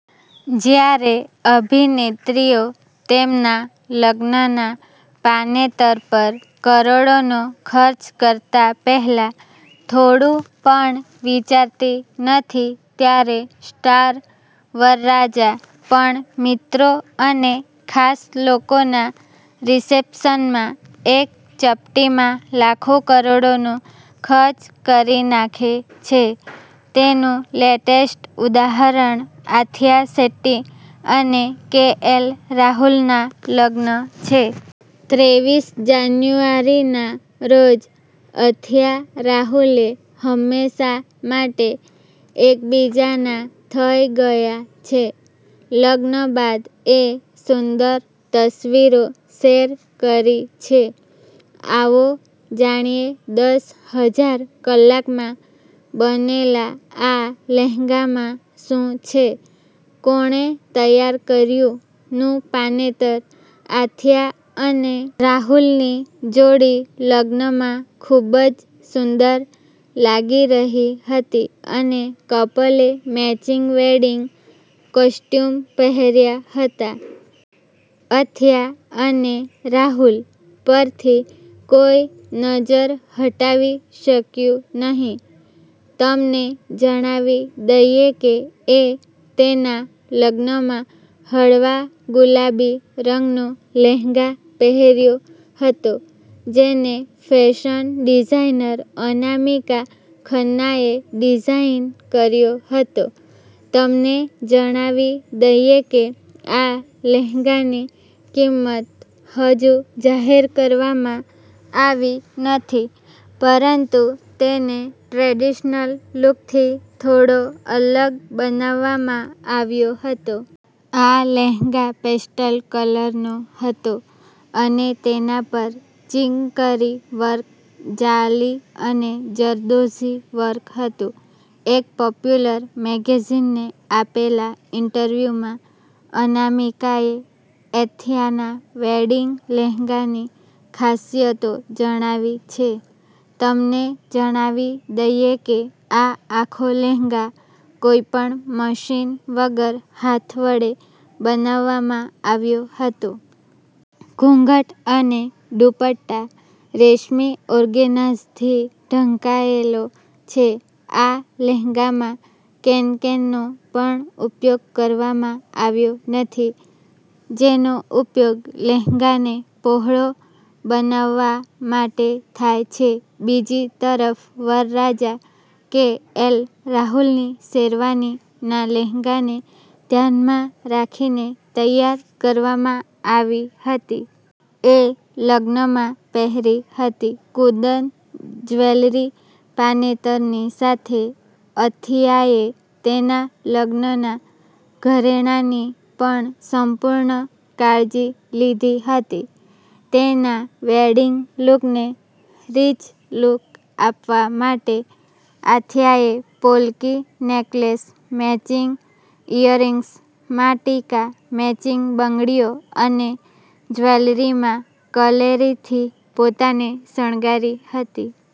જ્યારે અભિનેત્રીઓ તેમના લગ્નના પાનેતર પર કરોડોનો ખર્ચ કરતા પહેલા થોડું પણ વિચારતી નથી, ત્યારે સ્ટાર વરરાજા પણ મિત્રો અને ખાસ લોકોના રિસેપ્શનમાં એક ચપટીમાં લાખો કરોડોનો ખર્ચ કરી નાખે છે. તેનું લેટેસ્ટ ઉદાહરણ આથિયા શેટ્ટી અને કે એલ રાહુલ ના લગ્ન છે. ત્રેવીસ જાન્યુઆરીના રોજ અથિયા-રાહુલે હંમેશા માટે એકબીજાના થઇ ગયા છે. લગ્ન બાદ એ સુંદર તસવીરો શેર કરી છે. આવો જાણીએ દસ હજાર કલાકમાં બનેલા આ લહેંગામાં શું છે. કોણે તૈયાર કર્યું નું પાનેતર આથિયા અને રાહુલની જોડી લગ્નમાં ખૂબ જ સુંદર લાગી રહી હતી અને કપલે મેચિંગ વેડિંગ કોસ્ચ્યુમ પહેર્યા હતા. આથિયા અને રાહુલ પરથી કોઈ નજર હટાવી શક્યું નહીં. તમને જણાવી દઈએ કે એ તેના લગ્નમાં હળવા ગુલાબી રંગનો લહેંગા પહેર્યો હતો, જેને ફેશન ડિઝાઇનર અનામિકા ખન્નાએ ડિઝાઇન કર્યો હતો. તમને જણાવી દઈએ કે આ લહેંગાની કિંમત હજુ જાહેર કરવામાં આવી નથી, પરંતુ તેને ટ્રેડિશનલ લુકથી થોડો અલગ બનાવવામાં આવ્યો હતો. આ લહેંગા પેસ્ટલ કલરનો હતો અને તેના પર ચિકંકરી વર્ક, જાલી અને જરદોઝી વર્ક હતું. એક પોપ્યુલર મેગેઝીનને આપેલા ઈન્ટરવ્યુમાં અનામિકાએ અથિયાના વેડિંગ લહેંગાની ખાસિયતો જણાવી છે. તમને જણાવી દઈએ કે, આ આખો લહેંગા કોઈ પણ મશીન વગર હાથ વડે બનાવવામાં આવ્યો હતો. ઘૂંઘટ અને દુપટ્ટા રેશમી ઓર્ગેન્ઝાથી ઢંકાયેલો છે. આ લહેંગામાં કેનકેનનો પણ ઉપયોગ કરવામાં આવ્યો નથી, જેનો ઉપયોગ લહેંગાને પહોળો બનાવવા માટે થાય છે. બીજી તરફ વરરાજા કે એલ રાહુલની શેરવાની ના લહેંગાને ધ્યાનમાં રાખીને તૈયાર કરવામાં આવી હતી. એ લગ્નમાં પહેરી હતી કુંદન જ્વેલરી પાનેતરની સાથે અથિયાએ તેના લગ્નના ઘરેણાંની પણ સંપૂર્ણ કાળજી લીધી હતી. તેના વેડિંગ લુકને રિચ લુક આપવા માટે, આથિયાએ polki necklace, matching earrings, maang tikka, matching બંગડીઓ અને જ્વેલરીમાં કલિરેથી પોતાને શણગારી હતી.